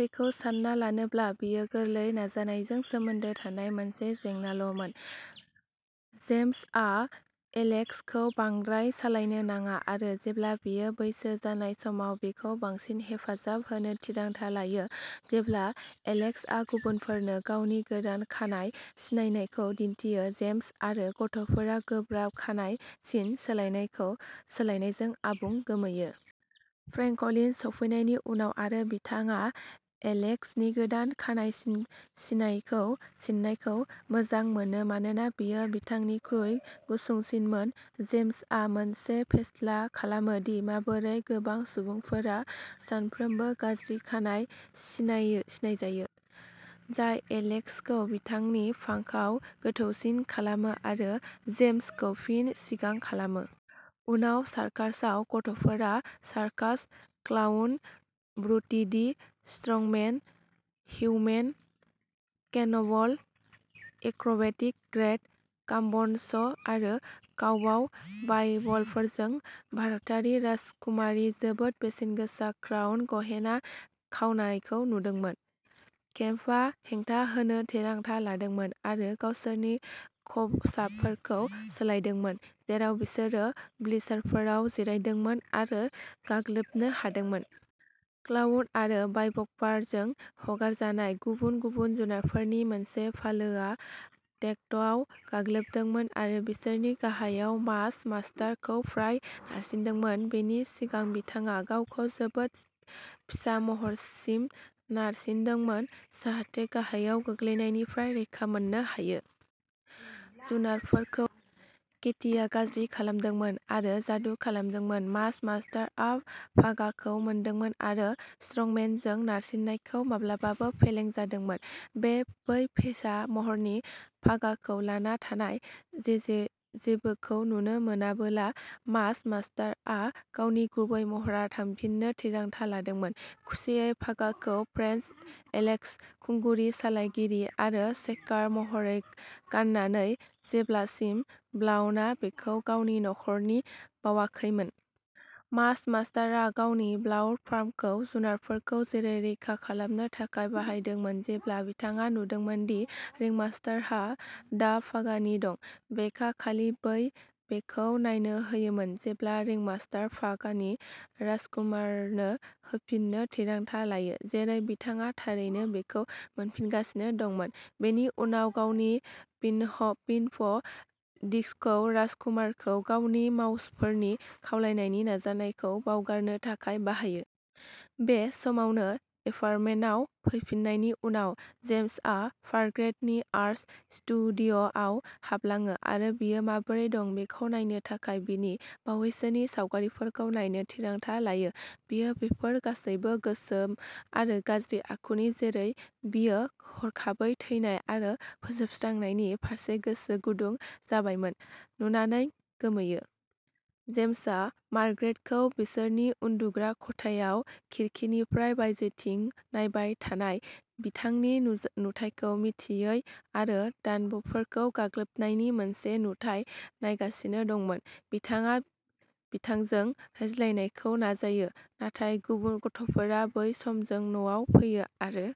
बेखौ सानना लानोब्ला बेयो गोरलै जानायजों सोमोन्दो थानाय मोनसे जेंनाल'मोन। जेम्स आ एलेक्स खौ बांद्राय सालायनो नाङा आरो जेब्ला बियो बैसो जानाय समाव बिखौ बांसिन हेफाजाब होनो थिरांथा लायो। जेब्ला एलेक्स आ गुबुनफोरनो गावनि गोदान खानाय सिननायखौ दिन्थियो, जेम्स आरो गथ'फोरा गोब्राब खानाय सिन सोलायनायखौ सोलायनायजों आबुङै गोमोयो। फ्रेंकलिन सौफैनायनि उनाव आरो बिथाङा एलेक्स नि गोदान खानाय सि-सिनायखौ सिननायखौ मोजां मोनो मानोना बेयो बिथांनिख्रुइ गुसुंसिनमोन, जेम्स आ मोनसे फेस्ला खालामो दि माबोरै गोबां सुबुंफोरा सानफ्रोमबो गाज्रि खानाय सिनायखौ सिनाय जायो एलेक्स खौ बिथांनि फांकआव गोथौसिन खालामो आरो जेम्स खौ फिन जिंगा खालामो। उनाव सार्कासआव गथ'फोरा circus clown, brute the strongman, human cannonball, acrobatic great गाम्ब'न'स आरो काउबाय लाइभवायरजों भारतारि राजकुमारनि जोबोद बेसेनगोसा क्राउन गहेना खावनायखौ नुदोंमोन। पेकआ हेंथा होनो थिरांथा लादोंमोन आरो गावसोरनि खसाबफोरखौ सोलायदोंमोन, जेराव बिसोरो ब्लिचारफोराव जिरायदोंमोन आरो गाग्लोबनो हमदोंमोन। क्लाउन आरो लाइभवायरजों हगारजानाय गुबुन गुबुन जुनारफोरनि मोनसे फालोआ टेन्टआव गाग्लोबदोंमोन आरो बिसोरनि गाहायाव मास मास्टार खौ फ्राय नारसिन्दोंमोन, बेनि सिगां बिथाङा गावखौ जोबोद फिसा महरसिम नारसिन्दोंमोन जाहाथे गाहायाव गोग्लैनायनिफ्राय रैखा मोननो हायो। जुनारफोरखौ केटीआ गाज्रि खालामदोंमोन आरो जादु खालामदोंमोन। मास मास्टार आ पागाखौ मोनदोंमोन आरो स्ट्रंमेनजों नारसिन्नायखौ माब्लाबासो फेलें जादोंमोन। बै फिसा महरनि पागाखौ लाना थानाय जेजे जेबोखौ नुनो मोनामोनब्ला, मास मास्टार आ गावनि गुबै महरआव थांफिननो थिरांथा लादोंमोन, खुसियै पागाखौ प्रिन्स एलेक्स खुंगिरि, सालायगिरि आरो शेकार महरै गाननानै जेब्लासिम क्लाउनआ बेखौ गावनि खर'निफ्राय खावाखैमोन। मास मास्टार आ गावनि क्लाउड फर्मखौ जुनारफोरखौ रैखा खालामनो थाखाय बाहायदोंमोन जेब्ला बिथाङा नुदोंमोन दि रिंमास्टारहा दा पागानि दं। पेकआ खालि बेखौ नायनो हायोमोन जेब्ला रिंमास्टारआ पागानिखौ राजकुमारनो होफिननो थिरांथा लायो, जेरै बिथाङा थारैनो बेखौ मोनफिनगासिनो दंमोन, बेनि उनाव गावनि हिप्न' डिस्कखौ राजकुमारखौ गावनि मावसाफोरनि खावनायनि नाजानायखौ बावगारनो थाखाय बाहायो। बे समावनो, एपार्टमेन्टआव फैफिन्नायनि उनाव, जेम्स आ मार्ग्रेट नि आर्ट स्टुडिय'आव हाबलाङो आरो बियो माबोरै दं बेखौ नायनो थाखाय बिनि बावैसोनि सावगारिफोरखौ नायनो थिरांथा लायो। बियो बेफोर गासैबो गोसोम आरो गाज्रि आखुनि, जेरै बियो हरखाबै थैनाय आरो फोजोबस्रांनायनि फारसे गोसो गुदुं जाबायमोन, नुनानै गोमोयो। जेम्सआ मार्ग्रेट खौ बिसोरनि उन्दुग्रा खथायाव खिरखिनिफ्राय बायजोथिं नायबाय थानाय, बिथांनि नुथायखौ मिथियै आरो दानबफोरखौ गाग्लोबनायनि मोनसे नुथाय नायगासिनो दंमोन। बिथाङा बिथांजों रायज्लायनो नाजायो, नाथाय गथ'फोरा बै समावनो न'आव फैयो आरो